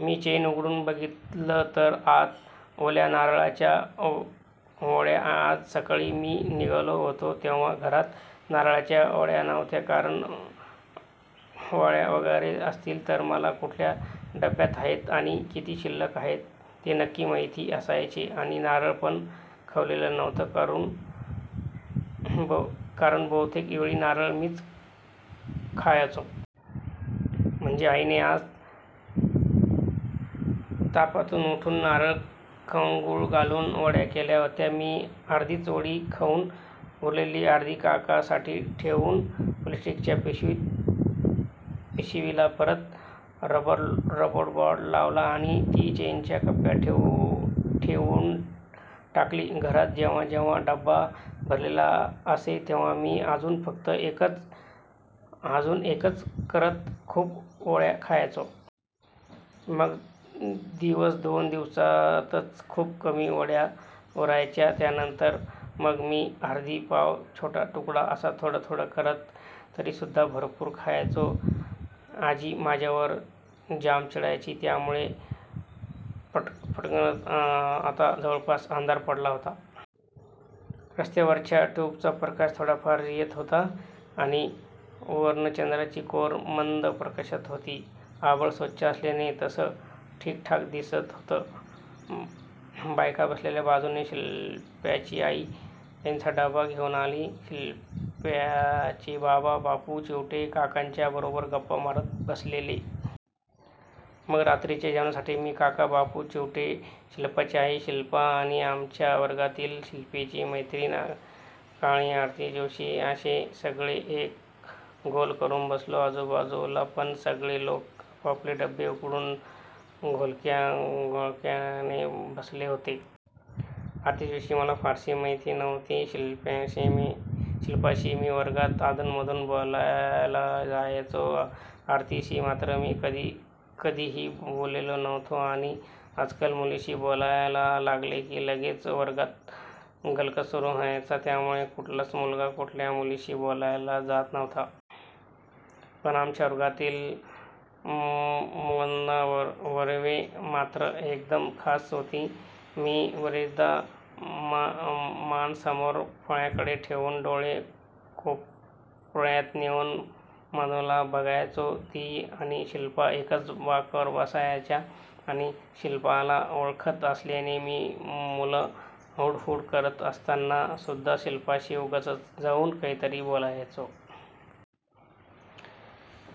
मी chain उघडून बघितलं तर आत ओल्या नारळाच्या वड्या. आज सकाळी मी निघालो होतो तेव्हा घरात नारळाच्या वड्या नव्हत्या कारण, वड्या वगैरे असतील तर मला कुठल्या डब्यात आहेत आणि किती शिल्लक आहेत ते नक्की माहिती असायचे आणि नारळ पण खोवलेला नव्हता कारण बहुतेक वेळी नारळ मीच खोवायचो. म्हणजे आईने आज तापातून उठून, नारळ खवून, गूळ घालून वड्या केलेल्या होत्या. मी अर्धीच वडी खाउन, उरलेली अर्धी काकांसाठी ठेवून प्लास्टिकच्या पिशवीला परत रबरबॅंड लावलं आणि ती चेनच्या कप्प्यात ठेवून टाकली. घरात जेव्हाजेव्हा डबा भरलेला असे तेव्हा मी अजून फक्त एकच, अजून एकच करत खूप वड्या खायचो. मग दिवस-दोन दिवसातच खूप कमी वड्या उरायच्या. त्यानंतर मग मी अर्धी, पाव, छोटा तुकडा असं थोडं थोडं करत करत तरीसुद्धा भरपूर खायचो. आजी माझ्यावर जाम चिडायची त्यामुळं. पटांगणात आता जवळपास अंधार पडला होता. रस्त्यावरच्या ट्युबचा प्रकाश थोडाफार येत होता आणि वरनं चंद्राची कोर मंद प्रकाशत होती. आभाळ स्वच्छ असल्याने तसं ठिकठाक दिसत होतं. बायका बसलेल्या बाजूने शिल्पाची आई त्यांचा डबा घेउन आली. शिल्पाचे बाबा बापू चिवटे काकांच्या बरोबर गप्पा मारत बसलेले. मग रात्रीच्या जेवणासाठी मी, काका, बापू चिवटे, शिल्पाची आई, शिल्पा आणि आमच्या वर्गातली शिल्पीची मैत्रिण काळी आरती जोशी असे सगळे एक गोल करुन बसलो. आजूबाजूला पण सगळे लोक आपापले डबे उघडून घोळक्या-घोळक्याने बसले होते. आरती जोशी मला फारशी माहिती नव्हती. शिल्पाशी मी वर्गात अधूनमधून बोलायला जायचो. आरतीशी मात्र मी कधिही बोललेलो नव्हतो. आणि आजकाल मुलींशी बोलायला लागले की लगेच वर्गात गलका सुरु व्हायचा. त्यामुळे कुठलाच मुलगा कुठल्याच मुलीशी बोलायला जात नव्हता. पण आमच्या वर्गातली मुग्धा बर्वे मात्र एकदम खास होती. मी बरेचदा मान समोर फळ्याकडे ठेवून डोळे कोपर्यात नेउन मुग्धाला बघायचो. ती आणि शिल्पा एकाच बाकावर बसायच्या आणि शिल्पाला ओळखत असल्याने मी मुलं हुइ-हुइ करत असताना सुद्धा शिल्पाशी उगाचच जाउन काहीतरी बोलायचो.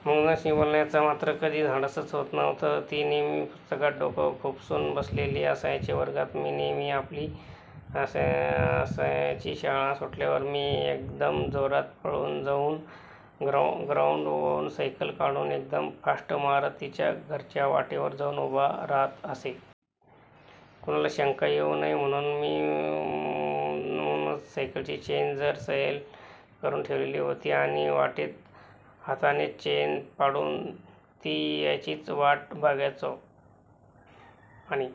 मुग्धाशी बोलायचं मात्र कधी धाडसच होत नव्हतं. ती नेहेमी पुस्तकात डोकं खुपसून बसलेली असायची. वर्गात ती नेहेमी पहिली असायची. शाळा सुटल्यावर मी एकदम जोरात पळत जाउन, ग्राउंडवरुन सायकल काढून एकदम फास्ट मारत तिच्या घराच्या वाटेवर जाउन उभा राहत असे. कुणाला शंका येउ नये म्हणुन मी मुद्दामूनच सायकलची चेन जरा सैल करुन ठेवलेली होती आणि वाटेत हातानेच चेन पाडून ती यायची वाट बघायचो. आणि